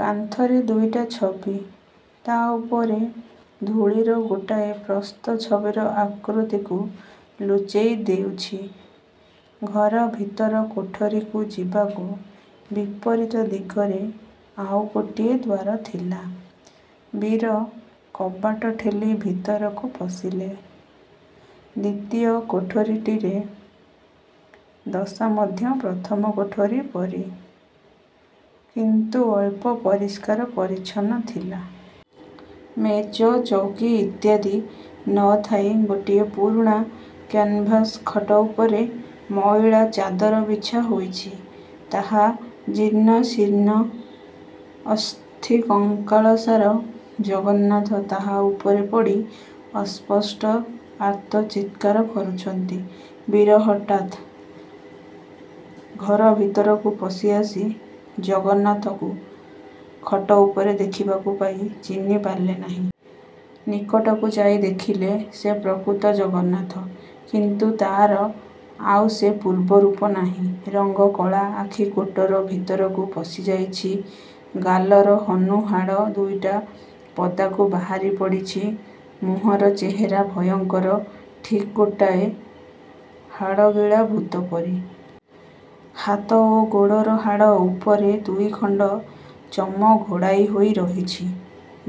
କାନ୍ଥରେ ଦୁଇଟା ଛବି। ତା ଉପରେ ଧୂଳିର ଗୋଟାଏ ପ୍ରସ୍ତ ଛବିର ଆକୃତିକୁ ଲୁଚେଇ ଦେଉଛି। ଘର ଭିତର କୋଠରୀକୁ ଯିବାକୁ ବିପରୀତ ଦିଗରେ ଆଉ ଗୋଟିଏ ଦ୍ୱାର ଥିଲା। ବୀର କବାଟ ଠେଲି ଭିତରକୁ ପଶିଲେ। ଦ୍ୱିତୀୟ କୋଠରୀଟିରେ ଦଶା ମଧ୍ୟ ପ୍ରଥମ କୋଠରୀ ପରି; କିନ୍ତୁ ଅଳ୍ପ ପରିସ୍କାର ପରିଚ୍ଛନ୍ନ ଥିଲା। ମେଜ ଚୌକୀ ଇତ୍ୟାଦି ନ ଥାଇ ଗୋଟିଏ ପୁରୁଣା କ୍ୟାନଭାସ୍ ଖଟ ଉପରେ ମଇଳା ଚାଦର ବିଛା ହୋଇଛି। ତାହା ଜୀର୍ଣ୍ଣ ଶୀର୍ଣ୍ଣ, ଅସ୍ଥିକଙ୍କାଳସାର ଜଗନ୍ନାଥ ତାହା ଉପରେ ପଡ଼ି ଅସ୍ପଷ୍ଟ ଆର୍ତ୍ତ ଚିତ୍କାର କରୁଛନ୍ତି। ବୀର ହଠାତ୍ ଘର ଭିତରକୁ ପଶି ଆସି ଜଗନ୍ନାଥକୁ ଖଟ ଉପରେ ଦେଖିବାକୁ ପାଇ ଚିହ୍ନି ପାରିଲେନାହିଁ। ନିକଟକୁ ଯାଇ ଦେଖିଲେ, ସେ ପ୍ରକୃତ ଜଗନ୍ନାଥ। କିନ୍ତୁ ତା'ର ଆଉ ସେ ପୂର୍ବ ରୂପ ନାହିଁ। ରଙ୍ଗ କଳା। ଆଖି କୋଟର ଭିତରକୁ ପଶିଯାଇଛି। ଗାଲର ହନୁ ହାଡ଼ ଦୁଇଟା ପଦାକୁ ବାହାରି ପଡ଼ିଛି। ମୁହଁର ଚେହେରା ଭୟଙ୍କର। ଠିକ୍ ଗୋଟାଏ ହାଡ଼ଗିଳା ଭୂତ ପରି। ହାତ ଓ ଗୋଡ଼ର ହାଡ଼ ଉପରେ ଦୁଇଖଣ୍ଡ ଚମ ଘୋଡ଼ାଇ ହୋଇ ରହିଛି।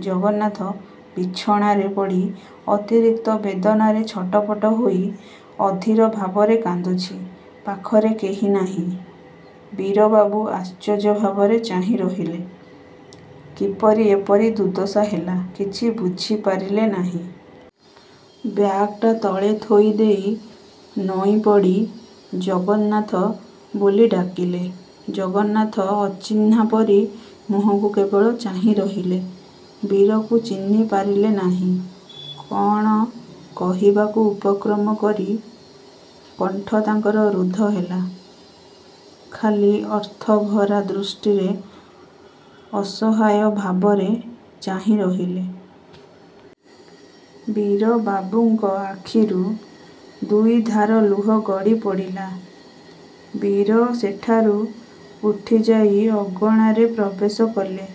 ଜଗନ୍ନାଥ ବିଛଣାରେ ପଡ଼ି ଅତିରିକ୍ତ ବେଦନାରେ ଛଟପଟ ହୋଇ ଅଧୀର ଭାବରେ କାନ୍ଦୁଛି। ପାଖରେ କେହି ନାହିଁ। ବୀରବାବୁ ଆଶ୍ଚର୍ଯ୍ୟ ଭାବରେ ଚାହିଁ ରହିଲେ। କିପରି ଏପରି ଦୁର୍ଦ୍ଦଶା ହେଲା କିଛି ବୁଝି ପାରିଲେ ନାହିଁ। ବ୍ୟାଗ୍ ଟା ତଳେ ଥୋଇ ଦେଇ ନଇଁପଡ଼ି "ଜଗନ୍ନାଥ" ବୋଲି ଡାକିଲେ। ଜଗନ୍ନାଥ ଅଚିହ୍ନା ପରି ମୁହଁକୁ କେବଳ ଚାହିଁ ରହିଲେ। ବୀରକୁ ଚିହ୍ନି ପାରିଲେ ନାହିଁ। କ'ଣ କହିବାକୁ ଉପକ୍ରମ କରି କଣ୍ଠ ତାଙ୍କର ରୁଦ୍ଧ ହେଲା। ଖାଲି ଅର୍ଥଭରା ଦୃଷ୍ଟିରେ ଅସହାୟ ଭାବରେ ଚାହିଁ ରହିଲେ। ବୀରବାବୁଙ୍କ ଆଖିରୁ ଦୁଇଧାର ଲୁହ ଗଡ଼ି ପଡ଼ିଲା। ବୀର ସେଠାରୁ ଉଠିଯାଇ ଅଗଣାରେ ପ୍ରବେଶ କଲେ।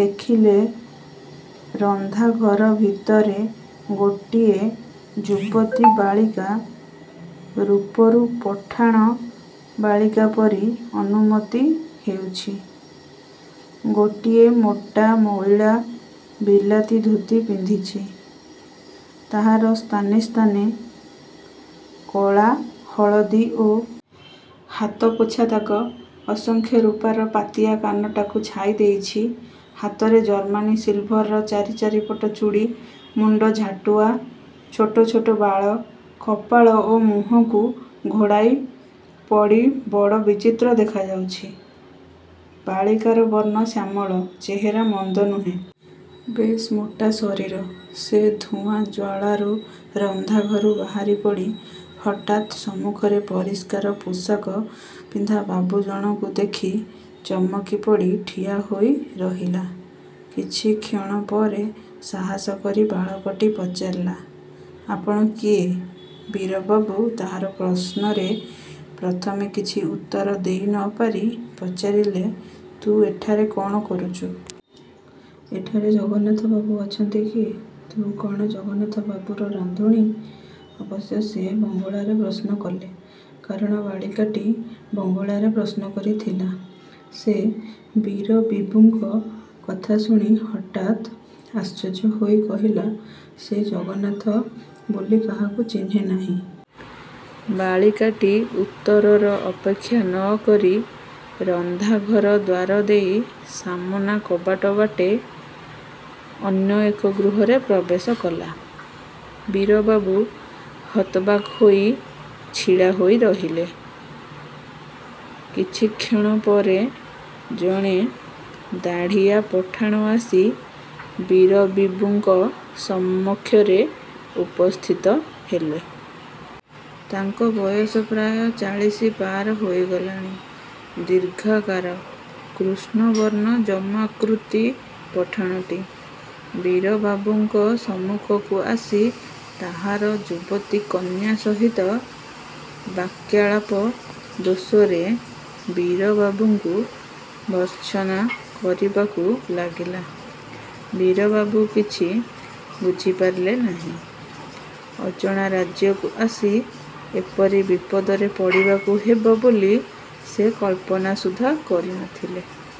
ଦେଖିଲେ ରନ୍ଧାଘର ଭିତରେ ଗୋଟିଏ ଯୁବତୀ ବାଳିକା। ରୁପରୁ ପଠାଣ ବାଳିକା ପରି ଅନୁମତି ହେଉଛି। ଗୋଟିଏ ମୋଟା ମଇଳା ବିଲାତି ଧୋତି ପିନ୍ଧିଛି। ତାହାର ସ୍ଥାନେ ସ୍ଥାନେ କଳା, ହଳଦୀ ଓ। ହାତପୋଛା ଦାଗ। ଅସଂଖ୍ୟ ରୂପାର ପାତିଆ− କାନଟାକୁ ଛାଇ ଦେଇଛି। ହାତରେ ଜର୍ମାନୀ ସିଲ୍ଭରର ଚାରି ଚାରି ପଟ ଚୁଡ଼ି। ମୁଣ୍ଡ ଝାଟୁଆ। ଛୋଟ ଛୋଟ ବାଳ କପାଳ ଓ ମୁହଁକୁ ଘୋଡ଼ାଇ ପଡ଼ି ବଡ଼ ବିଚିତ୍ର ଦେଖାଯାଉଛି। ବାଳିକାର ବର୍ଣ୍ଣ ଶ୍ୟାମଳ। ଚେହେରା ମନ୍ଦ ନୁହେଁ। ବେଶ୍ ମୋଟା ଶରୀର। ସେ ଧୂଆଁ ଜ୍ୱାଳାରୁ ରନ୍ଧାଘରୁ ବାହାରି ପଡ଼ି ହଠାତ୍ ସମ୍ମୁଖରେ ପରିଷ୍କାର ପୋଷାକ ପିନ୍ଧା ବାବୁଜଣଙ୍କୁ ଦେଖି ଚମକି ପଡ଼ି ଠିଆ ହୋଇ ରହିଲା। କିଛିକ୍ଷଣ ପରେ ସାହାସ କରି ବାଳକଟି ପଚାରିଲା "ଆପଣ କିଏ? " ବୀରବାବୁ ତାହାର ପ୍ରଶ୍ନରେ ପ୍ରଥମେ କିଛି ଉତ୍ତର ଦେଇ ନ ପାରି ପଚାରିଲେ "ତୁ ଏଠାରେ କ'ଣ କରୁଚୁ? ଏଠାରେ ଜଗନ୍ନାଥ ବାବୁ ଅଛନ୍ତି କି? ତୁ କଣ ଜଗନ୍ନାଥ ବାବୁର ରାନ୍ଧୁଣୀ? " ଅବଶ୍ୟ ସେ ବଙ୍ଗଳାରେ ପ୍ରଶ୍ନ କଲେ। କାରଣ ବାଳିକାଟି ବଙ୍ଗଳାରେ ପ୍ରଶ୍ନ କରିଥିଲା। ସେ ବୀରବୀବୁଙ୍କ କଥା ଶୁଣି ହଠାତ୍ ଆଶ୍ଚର୍ଯ୍ୟ ହୋଇ କହିଲା ସେ ଜଗନ୍ନାଥ ବୋଲି କାହାକୁ ଚିହ୍ନେନାହିଁ। ବାଳିକାଟି ଉତ୍ତରର ଅପେକ୍ଷା ନ କରି ରନ୍ଧା ଘର ଦ୍ୱାର ଦେଇ ସାମନା କବାଟ ବାଟେ ଅନ୍ୟ ଏକ ଗୃହରେ ପ୍ରବେଶ କଲା। ବୀର ବାବୁ ହତବାକ୍ ହୋଇ ଛିଡ଼ା ହୋଇ ରହିଲେ। କିଛିକ୍ଷଣ ପରେ ଜଣେ ଦାଢ଼ିଆ ପଠାଣ ଆସି ବୀରବୀବୁଙ୍କ ସମକ୍ଷରେ ଉପସ୍ଥିତ ହେଲେ। ତାଙ୍କ ବୟସ ପ୍ରାୟ ଚାଳିଶି ପାର ହୋଇଗଲାଣି। ଦୀର୍ଘାକାର, କୃଷ୍ଣ ବର୍ଣ୍ଣ ଯମାକୃତି ପଠାଣଟି ବୀରବାବୁଙ୍କ ସମ୍ମୁଖକୁ ଆସି ତାହାର ଯୁବତୀ କନ୍ୟା ସହିତ ବାକ୍ୟାଳାପ ଦୋଷରେ ବୀରବାବୁଙ୍କୁ ଭର୍ତ୍ସନା କରିବାକୁ ଲାଗିଲା। ବୀରବାବୁ କିଛି ବୁଝିପାରିଲେ ନାହିଁ। ଅଜଣା ରାଜ୍ୟକୁ ଆସି ଏପରି ବିପଦରେ ପଡ଼ିବାକୁ ହେବ ବୋଲି ସେ କଳ୍ପନା ସୁଦ୍ଧା କରି ନ ଥିଲେ।